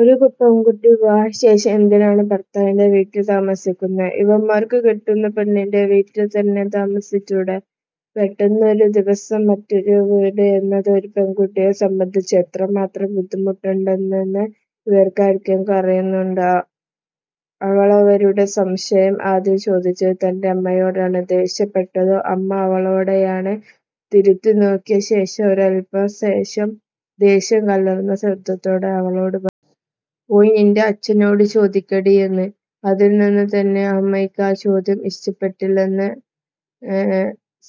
ഒരു പെൺക്കുട്ടി, വിവാഹശേഷം എന്തിനാണ് ഭർത്താവിന്റെ വീട്ടിൽ താമസിക്കുന്നത്….??? ഇവന്മാർക്ക് കെട്ടുന്ന പെണ്ണിന്റെ വീട്ടിൽ തന്നെ താമസ്സിച്ചൂടെ…??? പെട്ടന്നൊരു ദിവസം മറ്റൊരു വീട് എന്നത് ഒരു പെൺക്കുട്ടിയേ സംബന്ധിച്ച് എത്രമാത്രം ബുദ്ധിമുട്ടെറിയതാണെന്ന് ഇവരാരെങ്കിലും അറിയുന്നുണ്ടോ…??? അവളവളുടെ സംശയം ആദ്യം ചോദിച്ചതു തന്നെ അമ്മയോടാണ്…, ദേഷ്യപ്പെട്ടതും അമ്മ അവളെയൊന്ന് ഇരുത്തി നോക്കിയശേഷം ഒരൽപ്പം ദേഷ്യം കലർന്ന ശബ്ദത്തോടെ അവളോട് പറഞ്ഞു.., പോയി നിന്റെ അച്ഛനോടു ചോദിക്കടിയെന്ന്….! അതിൽ നിന്നു തന്നെ അമ്മക്ക് ആ ചോദ്യം ഇഷ്ടപ്പെട്ടിട്ടില്ലെന്ന്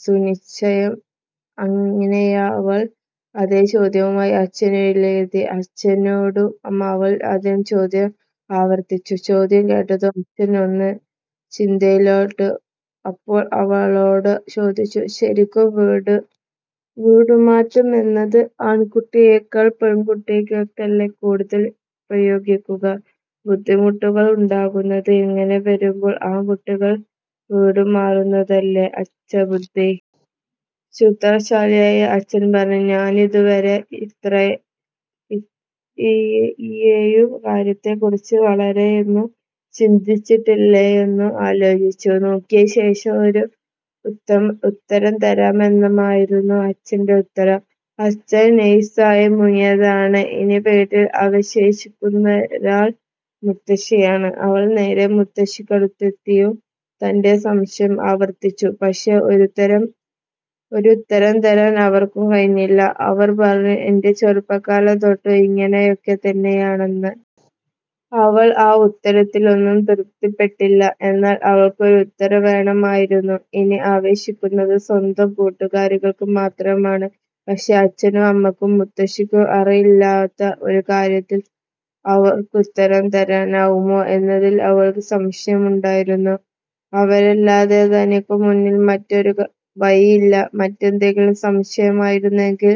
സുനിശ്ചയം…! അങ്ങിനെയവൾ അതെ ചോദ്യവുമായി അച്ഛനരുകിലെത്തി…, അച്ഛനോടുമവൾ അതെ ചോദ്യം ആവർത്തിച്ചു…, ചോദ്യം കേട്ടതും അച്ഛനും ഒന്നു ചിന്തയിലാണ്ടൂ…., അപ്പോൾ അവളച്ഛനോടു ചോദിച്ചു…., ശരിക്കും വീടുമാറ്റം എന്നത് ആൺക്കുട്ടികളേക്കാൾ പെൺക്കുട്ടികൾക്കല്ലെ കൂടുതൽ പ്രായോഗിക ബുദ്ധിമുട്ടുകൾ ഉണ്ടാക്കുന്നത് അങ്ങിനെ വരുമ്പോൾ ആൺക്കുട്ടികൾ വീടുമാറുന്നതല്ലെ അച്ഛാ ബുദ്ധി…??? സൂത്രശാലിയായ അച്ഛൻ പറഞ്ഞു ഞാനിതു വരെ ഈയൊരു കാര്യത്തെക്കുറിച്ച് വളരെയൊന്നും ചിന്തിച്ചിട്ടില്ലായെന്നും, ആലോചിച്ചു നോക്കിയ ശേഷം ഒരു ഉത്തരം തരാമെന്നുമായിരുന്നു അച്ഛന്റെ ഉത്തരം…! അച്ഛൻ നൈസായി മുങ്ങിയതാണ്….!! ഇനി വീട്ടിൽ അവശേഷിക്കുന്നൊരാൾ മുത്തശ്ശിയാണ്…, അവൾ നേരെ മുത്തശ്ശിക്കടുത്തെത്തിയും തന്റെ സംശയം ആവർത്തിച്ചു….! പക്ഷെ ഒരുത്തരം തരാൻ അവർക്കും കഴിഞ്ഞില്ല…, അവർ പറഞ്ഞു എന്റെ ചെറുപ്പക്കാലം തൊട്ടും ഇതിങ്ങനെയൊക്കെയാണെന്ന്…. അവൾ ആ ഉത്തരത്തിലൊന്നും തൃപ്തിപ്പെട്ടില്ല…, എന്നാൽ അവൾക്കൊരുത്തരം വേണമായിരുന്നു…, ഇനി അവശേഷിക്കുന്നത് സ്വന്തം കൂട്ടുക്കാരികൾ മാത്രമാണ് പക്ഷെ അച്ഛനും അമ്മക്കും മുത്തശ്ശിക്കും അറിവില്ലാത്ത ഒരു കാര്യത്തിൽ അവർക്കുത്തരം തരാനാവുമോ എന്നതിൽ അവൾക്ക് സംശയമുണ്ടായിരുന്നു…! അവരല്ലാതെ തനിക്കു മുന്നിൽ മറ്റൊരു വഴിയില്ല മറ്റെന്തെങ്കിലും സംശയമായിരുന്നെങ്കിൽ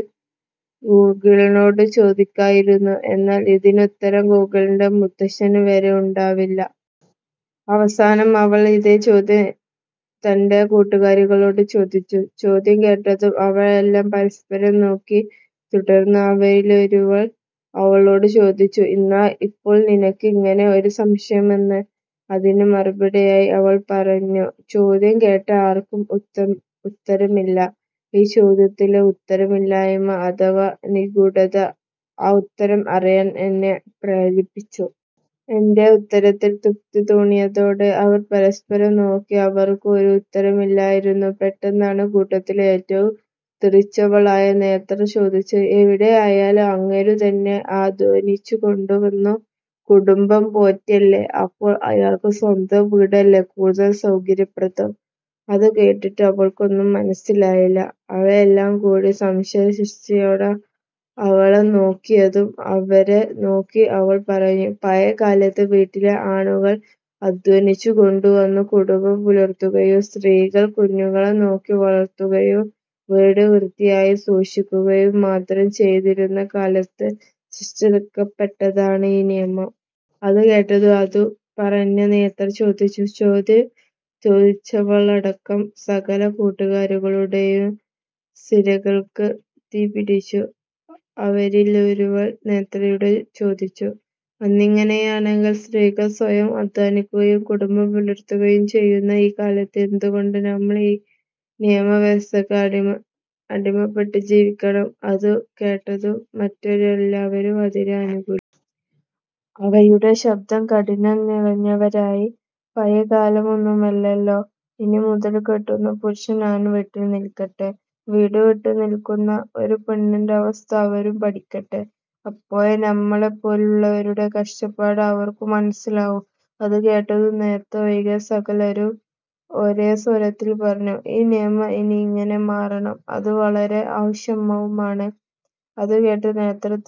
ഗൂഗിളിനോടു ചോദിക്കായിരുന്നു എന്നാൽ ഇതിനുത്തരം ഗൂഗിളിന്റെ മുത്തച്ഛനു വരെ ഉണ്ടാവില്ല…! അവസാനം അവൾ ഇതെ ചോദ്യം തന്റെ കൂട്ടുക്കാരികളോടും ചോദിച്ചു…!! ചോദ്യം കേട്ടതും അവരെല്ലാം പരസ്പരം നോക്കി തുടർന്ന് അവരിലൊരുവൾ അവളോടു ചോദിച്ചു.., എന്നാ ഇപ്പോൾ നിനക്ക് ഇങ്ങനെ ഒരു സംശയമെന്ന്..??? അതിനു മറുപടിയായി അവൾ പറഞ്ഞു ചോദ്യം കേട്ട ആർക്കും ഉത്തരമില്ല…, ഈ ചോദ്യത്തിലെ ഉത്തരമില്ലായ്മ അഥവ നിഗൂഢത ആ ഉത്തരം അറിയാൻ എന്നെ പ്രേരിപ്പിച്ചു…..! എന്റെ ഉത്തരത്തിൽ തൃപ്തി തോന്നിയതോടെ അവർ പരസ്പരം നോക്കി അവർക്കും ഒരു ഉത്തരമില്ലായിരുന്നു….! പെട്ടന്നാണ് കൂട്ടത്തിലെ ഏറ്റവും തെറിച്ചവളായ നേത്ര ചോദിച്ചത്…! എവിടെ ആയാലും അങ്ങേരു തന്നെ അദ്ധ്വാനിച്ചു കൊണ്ടു വന്നു കുടുംബം പോറ്റണ്ടേ…??? അപ്പോൾ അയാൾക്ക് സ്വന്തം വീടല്ലെ കൂടുതൽ സൗകര്യപ്രദം….??? അതു കേട്ടിട്ടും അവർക്കൊന്നും മനസിലായില്ല അവരെല്ലാം കൂടി സംശയദൃഷ്ടിയോടെ അവളെ നോക്കിയതും അവരെ നോക്കി അവൾ പറഞ്ഞു…, പഴയക്കാലത്ത്…, വീട്ടിലെ ആണുങ്ങൾ അദ്ധ്വാനിച്ചു കൊണ്ടുവന്നു കുടുംബം പുലർത്തുകയും…, സ്ത്രീകൾ കുഞ്ഞുങ്ങളെ നോക്കി വളർത്തുകയും വീട് വ്യത്തിയായി സൂക്ഷിക്കുകയും മാത്രം ചെയ്തിരുന്ന കാലത്ത് സൃഷ്ടിക്കപ്പെട്ടതാണീ നിയമം…!! അതു കേട്ടതും അതു പറഞ്ഞ നേത്ര ഒഴിച്ച് ചോദ്യം ചോദിച്ചവളടക്കം സകല കൂട്ടുക്കാരികളുടെയും സിരകൾക്ക് തീപിടിച്ചു…, അവരിലൊരുവൾ നേത്രയോടു ചോദിച്ചു അങ്ങിനെയെങ്കിൽ സ്ത്രീകൾ സ്വയം അദ്ധ്വാനിക്കുകയും കുടുംബം പുലർത്തുകയും ചെയ്യുന്ന ഈ കാലത്ത് എന്തു കൊണ്ട് നമ്മൾ ഈ നിയമവ്യവസ്ഥക്ക് അടിമപ്പെട്ട് ജീവിക്കണം…??? അതു കേട്ടതും മറ്റെല്ലാവരും അതിനെ അനുകൂലിച്ചു…., അവരുടെ ശബ്ദം കാഠിന്യം നിറഞ്ഞവയായി…, പഴയക്കാലമൊന്നുമല്ലല്ലൊ…? ഇനി മുതൽ കെട്ടുന്ന പുരുഷൻ പെൺവീട്ടിൽ നിൽക്കട്ടെ വീടു വിട്ടു നിൽക്കുന്ന ഒരു പെണ്ണിന്റെ അവസ്ഥ അവരും പഠിക്കട്ടെ, അപ്പോഴെ നമ്മളെ പോലുള്ളവരുടെ കഷ്ടപ്പാട് അവർക്കും മനസിലാവൂ…! അതു കേട്ടതും നേത്ര ഒഴികെ സകലരും ഒരെ സ്വരത്തിൽ പറഞ്ഞു…, ഈ നിയമം ഇനി ഇങ്ങനെ മാറണം…!! അതു വളരെ ആവശ്യവുമാണ്….! അതു കേട്ട് നേത്ര ചിരിച്ചു